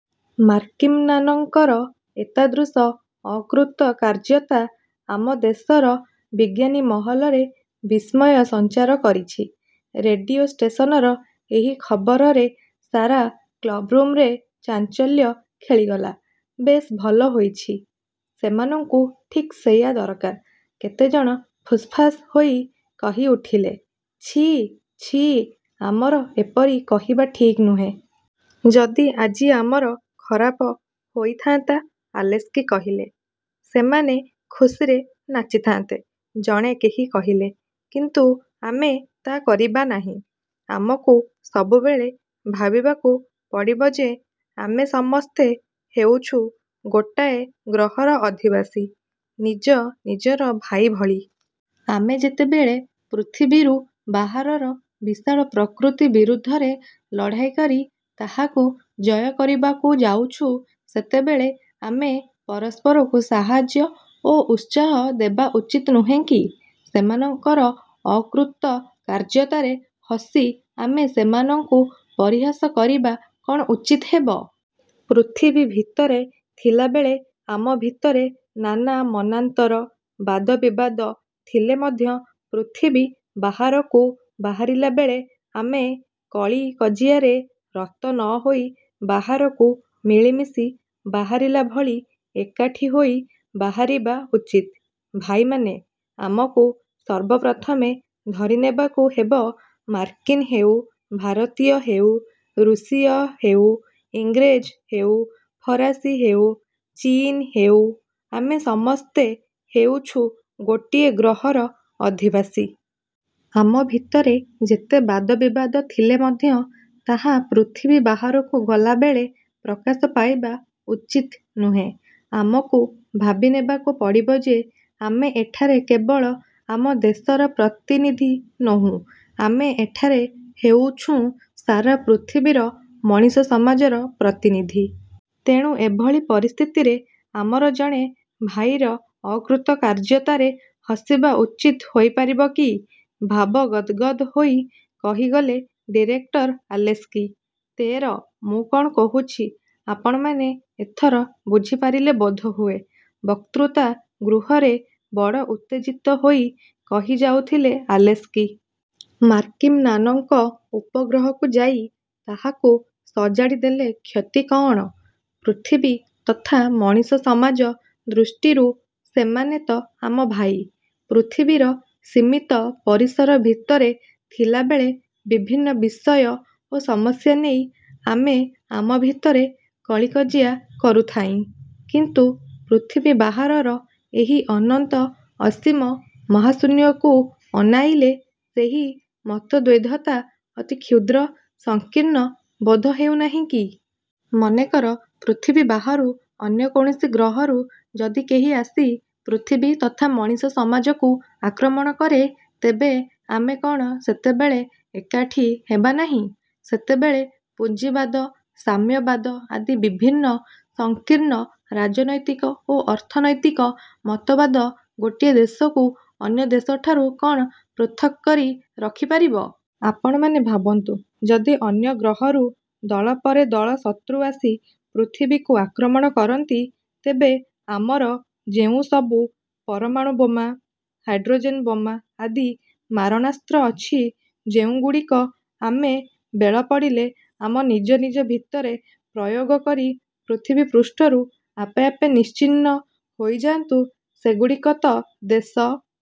ମାର୍କିନ୍ମାନଙ୍କର ଏତାଦୃଶ ଅକୃତକାର୍ଯ୍ୟତା ଆମ ଦେଶର ବିଜ୍ଞାନୀମହଲରେ ବିସ୍ମୟ ସଞ୍ଚାର କରିଛି। '' ରେଡ଼ିଓ ଷ୍ଟେସନର ଏହି ଖବରରେ ସାରା କ୍ଳବ୍ରୁମ୍ରେ ଚାଞ୍ଚଲ୍ୟ ଖେଳିଗଲା। ''ବେଶ୍ ଭଲ ହୋଇଛି। ସେମାନଙ୍କୁ ଠିକ୍ ସେଇଆ ଦରକାର। '' କେତେ ଜଣ ଫୁସ୍ଫାସ୍ ହୋଇ କହିଉଠିଲେ। ''ଛି, ଛି, ଆମର ଏପରି କହିବା ଠିକ୍ ନୁହେଁ। ଯଦି ଆଜି ଆମର ଖରାପ ହୋଇଥାନ୍ତା? '' ଆଲେସ୍କି କହିଲେ। ''ସେମାନେ ଖୁସିରେ ନାଚିଥାନ୍ତେ''-ଜଣେ କେହି କହିଲେ। ''କିନ୍ତୁ ଆମେ ତା କରିବା ନାହିଁ। ଆମକୁ ସବୁବେଳେ ଭାବିବାକୁ ପଡ଼ିବ ଯେ, ଆମେ ସମସ୍ତେ ହେଉଛୁ ଗୋଟାଏ ଗ୍ରହର ଅଧିବାସୀ, ନିଜ ନିଜର ଭାଇ ଭଳି। ଆମେ ଯେତେବେଳେ ପୃଥିବୀରୁ ବାହାରର ବିଶାଳ ପ୍ରକୃତି ବିରୁଦ୍ଧରେ ଲଢ଼ାଇ କରି ତାହାକୁ ଜୟ କରିବାକୁ ଯାଉଛୁ, ସେତେବେଳେ ଆମେ ପରସ୍ପରକୁ ସାହାଯ୍ୟ ଓ ଉତ୍ସାହ ଦେବା ଉଚିତ ନୁହେଁ କି? ସେମାନଙ୍କର ଅକୃତକାର୍ଯ୍ୟତାରେ ହସି ଆମେ ସେମାନଙ୍କୁ ପରିହାସ କରିବା କ'ଣ ଉଚିତ ହେବ? ପୃଥିବୀ ଭିତରେ ଥିଲାବେଳେ ଆମ ଭିତରେ ନାନା ମନାନ୍ତର, ବାଦବିବାଦ ଥିଲେ ମଧ୍ୟ ପୃଥିବୀ ବାହାରକୁ ବାହାରିଲାବେଳେ ଆମେ କଳିକଜିଆରେ ରତ ନ ହୋଇ ବାହାରକୁ ମିଳିମିଶି ବାହାରିଲା ଭଳି ଏକାଠି ହୋଇ ବାହାରିବା ଉଚିତ। ଭାଇମାନେ, ଆମକୁ ସର୍ବପ୍ରଥମେ ଧରି ନେବାକୁ ହେବ, ମାର୍କିନ୍ ହେଉ, ଭାରତୀୟ ହେଉ, ରୁଷୀୟ ହେଉ, ଇଂରେଜ ହେଉ, ଫରାସୀ ହେଉ, ଚୀନ ହେଉ, ଆମେ ସମସ୍ତେ ହେଉଛୁ ଗୋଟିଏ ଗ୍ରହର ଅଧିବାସୀ। ଆମ ଭିତରେ ଯେତେ ବାଦବିବାଦ ଥିଲେ ମଧ୍ୟ ତାହା ପୃଥିବୀ ବାହାରକୁ ଗଲାବେଳେ ପ୍ରକାଶ ପାଇବା ଉଚିତ ନୁହେଁ। ଆମକୁ ଭାବିନେବାକୁ ପଡ଼ିବ ଯେ, ଆମେ ଏଠାରେ କେବଳ ଆମ ଦେଶର ପ୍ରତିନିଧି ନୋହୁଁ, ଆମେ ଏଠାରେ ହେଉଛୁଁ ସାରା ପୃଥିବୀର ମଣିଷ ସମାଜର ପ୍ରତିନିଧି। ତେଣୁ ଏଭଳି ପରିସ୍ଥିତିରେ ଆମର ଜଣେ ଭାଇର ଅକୃତକାର୍ଯ୍ୟତାରେ ହସିବା ଉଚିତ ହେଇପାରିବ କି? '' ଭାବ ଗଦ୍ଗଦ୍ ହୋଇ କହିଗଲେ ଡିରେକ୍ଟର ଆଲେସ୍କି। ତେର ''ମୁଁ କ'ଣ କହୁଛି, ଆପଣମାନେ ଏଥର ବୁଝିପାରିଲେ ବୋଧହୁଏ? '' ବକ୍ତୃତା ଗୃହରେ ବଡ଼ ଉତ୍ତେଜିତ ହୋଇ କହିଯାଉଥିଲେ ଆଲେସ୍କି। ''ମାର୍କିନ୍ମାନଙ୍କ ଉପଗ୍ରହକୁ ଯାଇ ତାହାକୁ ସଜାଡ଼ି ଦେଲେ କ୍ଷତି କଅଣ? ପୃଥିବୀ ତଥା ମଣିଷ ସମାଜ ଦୃଷ୍ଟିରୁ ସେମାନେ ତ ଆମ ଭାଇ। ପୃଥିବୀର ସୀମିତ ପରିସର ଭିତରେ ଥିଲାବେଳେ ବିଭିନ୍ନ ବିଷୟ ଓ ସମସ୍ୟା ନେଇ ଆମେ ଆମ ଭିତରେ କଳିକଜିଆ କରୁଥାଇଁ; କିନ୍ତୁ ପୃଥିବୀ ବାହାରର ଏହି ଅନନ୍ତ ଅସୀମ ମହାଶୂନ୍ୟକୁ ଅନାଇଲେ ସେହି ମତଦ୍ୱୈଧତା ଅତି କ୍ଷୁଦ୍ର ସଂକୀର୍ଣ୍ଣ ବୋଧ ହେଉନାହିଁ କି? ମନେକର ପୃଥିବୀ ବାହାରୁ ଅନ୍ୟ କୌଣସି ଗ୍ରହରୁ ଯଦି କେହି ଆସି ପୃଥିବୀ ତଥା ମଣିଷ ସମାଜକୁ ଆକ୍ରମଣ କରେ, ତେବେ ଆମେ କ'ଣ ସେତେବେଳେ ଏକାଠି ହେବା ନାହିଁ? ସେତେବେଳେ ପୁଞ୍ଜିବାଦ, ସାମ୍ୟବାଦ ଆଦି ବିଭିନ୍ନ ସଂକୀର୍ଣ୍ଣ ରାଜନୈତିକ ଓ ଅର୍ଥନୈତିକ ମତବାଦ ଗୋଟିଏ ଦେଶକୁ ଅନ୍ୟ ଦେଶଠାରୁ କ'ଣ ପୃଥକ୍କରି ରଖି ପାରିବ? ଆପଣମାନେ ଭାବନ୍ତୁ, ଯଦି ଅନ୍ୟ ଗ୍ରହରୁ ଦଳ ପରେ ଦଳ ଶତ୍ରୁ ଆସି ପୃଥିବୀକୁ ଆକ୍ରମଣ କରନ୍ତି, ତେବେ ଆମର ଯେଉଁସବୁ ପରମାଣୁବୋମା, ହାଇଡ଼୍ରୋଜେନ ବୋମା ଆଦି ମାରଣାସ୍ତ୍ର ଅଛି, ଯେଉଁଗୁଡ଼ିକ ଆମେ ବେଳ ପଡ଼ିଲେ ଆମ ନିଜ ନିଜ ଭିତରେ ପ୍ରୟୋଗ କରି ପୃଥିବୀପୃଷ୍ଠରୁ ଆପେ ଆପେ ନିଶ୍ଚିହ୍ନ ହୋଇ ଯାଆନ୍ତୁ; ସେଗୁଡ଼ିକ ତ ଦେଶ,